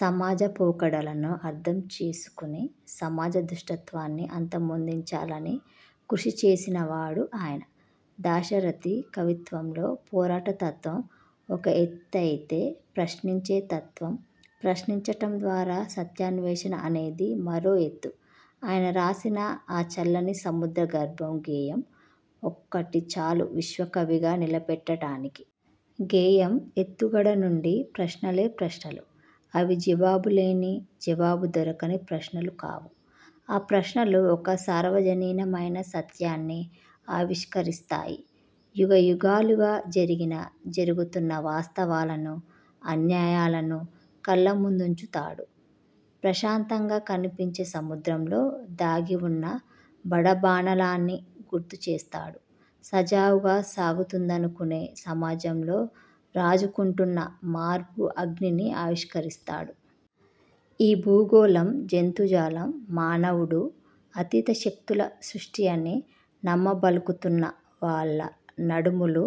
సమాజ పోకడలను అర్థం చేసుకుని సమాజ దుష్టత్వాన్ని అంతమొందించాలని కృషి చేసినవాడు ఆయన. దాశరథి కవిత్వంలో పోరాటతత్వం ఒక ఎత్తైతే ప్రశ్నించే తత్వం, ప్రశ్నించటం ద్వారా సత్యాన్వేషణ అనేది మరో ఎత్తు. ఆయన రాసిన 'ఆ చల్లని సముద్ర గర్భం' గేయం ఒక్కటి చాలు విశ్వకవిగా నిలబెట్టటానికి. గేయం ఎత్తుగడ నుండీ ప్రశ్నలే ప్రశ్నలు! అవి జవాబులేని, జవాబు దొరకని ప్రశ్నలు కావు. ఆ ప్రశ్నలు ఒక సార్వజనీనమైన సత్యాన్ని ఆవిష్కరిస్తాయి. యుగయుగాలుగా జరిగిన, జరుగుతున్న వాస్తవాలను, అన్యాయాలను కళ్లముందుంచుతాడు. ప్రశాంతంగా కనిపించే సముద్రంలో దాగివున్న బడబానలాన్ని గుర్తుచేస్తాడు. సజావుగా సాగుతుందనుకునే సమాజంలో రాజుకుంటున్న 'మార్పు' అగ్నిని ఆవిష్కరిస్తాడు. ఈ భూగోళం, జంతుజాలం, మానవుడూ అతీతశక్తుల సృష్టియని నమ్మబలుకుతున్న వాళ్ల నడుములు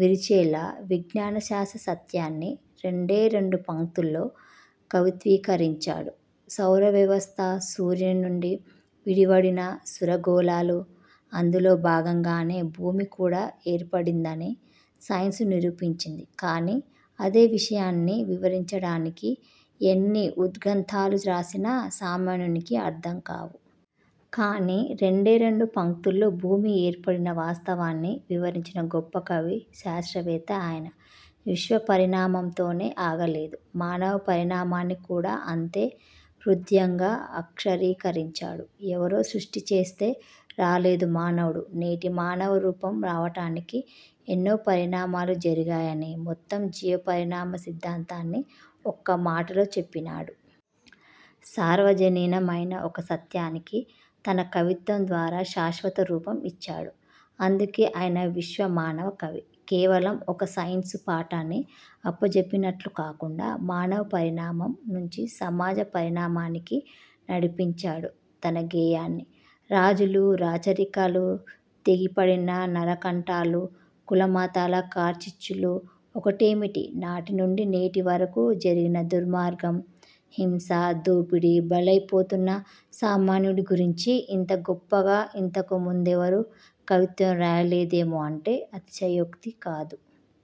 విరిచేలా విజ్ఞాన శాస్త్ర సత్యాన్ని రెండే రెండు పంక్తుల్లో కవిత్వీకరించాడు. సౌరవ్యవస్థ, సూర్యుని నుండి విడివడిన సురగోళాలు, అందులో భాగంగానే భూమి కూడా ఏర్పడిందని సైన్సు నిరూపించింది. కానీ అదే విషయాన్ని వివరించడానికి ఎన్ని ఉద్ర్గంథాలు రాసినా సామాన్యునికి అర్థం కావు. కానీ రెండే రెండు పంక్తులో భూమి ఏర్పడిన వాస్తవాన్ని వివరించిన గొప్ప కవి శాస్త్రవేత్త ఆయన. విశ్వపరిణామంతోనే ఆగలేదు. మానవ పరిణామాన్ని కూడా అంతే హృద్యంగా అక్షరీకరించాడు. ఎవరో సృష్టిచేస్తే రాలేదు మానవుడు. నేటి మానవ రూపం రావటానికి ఎన్నో పరిణామాలు జరిగాయని, మొత్తం జీవపరిణామం సిద్ధాంతాన్ని ఒక్కమాటలో చెప్పినాడు. సార్వజనీనమైన ఒక సత్యానికి తన కవిత్వం ద్వారా శాశ్వత రూపం ఇచ్చాడు. అందుకే ఆయన విశ్వ మానవ కవి. కేవలం ఒక సైన్సు పాఠాన్ని అప్పజెప్పినట్లు కాకుండా మానవ పరిణామం నుంచి సమాజ పరిణామానికి నడిపించాడు తన గేయాన్ని. రాజులు, రాచరికాలు, తెగిపడిన నరకంఠాలు, కులమతాల కార్చిచ్చులూ ఒకటేమిటి నాటి నుండి నేటి వరకూ జరిగిన దుర్మార్గం, హింస, దోపిడీ, బలైపోతున్న సామాన్యుడి గురించి ఇంత గొప్పగా ఇంతకు ముందెవరూ కవిత్వం రాయలేదేమో అంటే అతిశయోక్తి కాదు.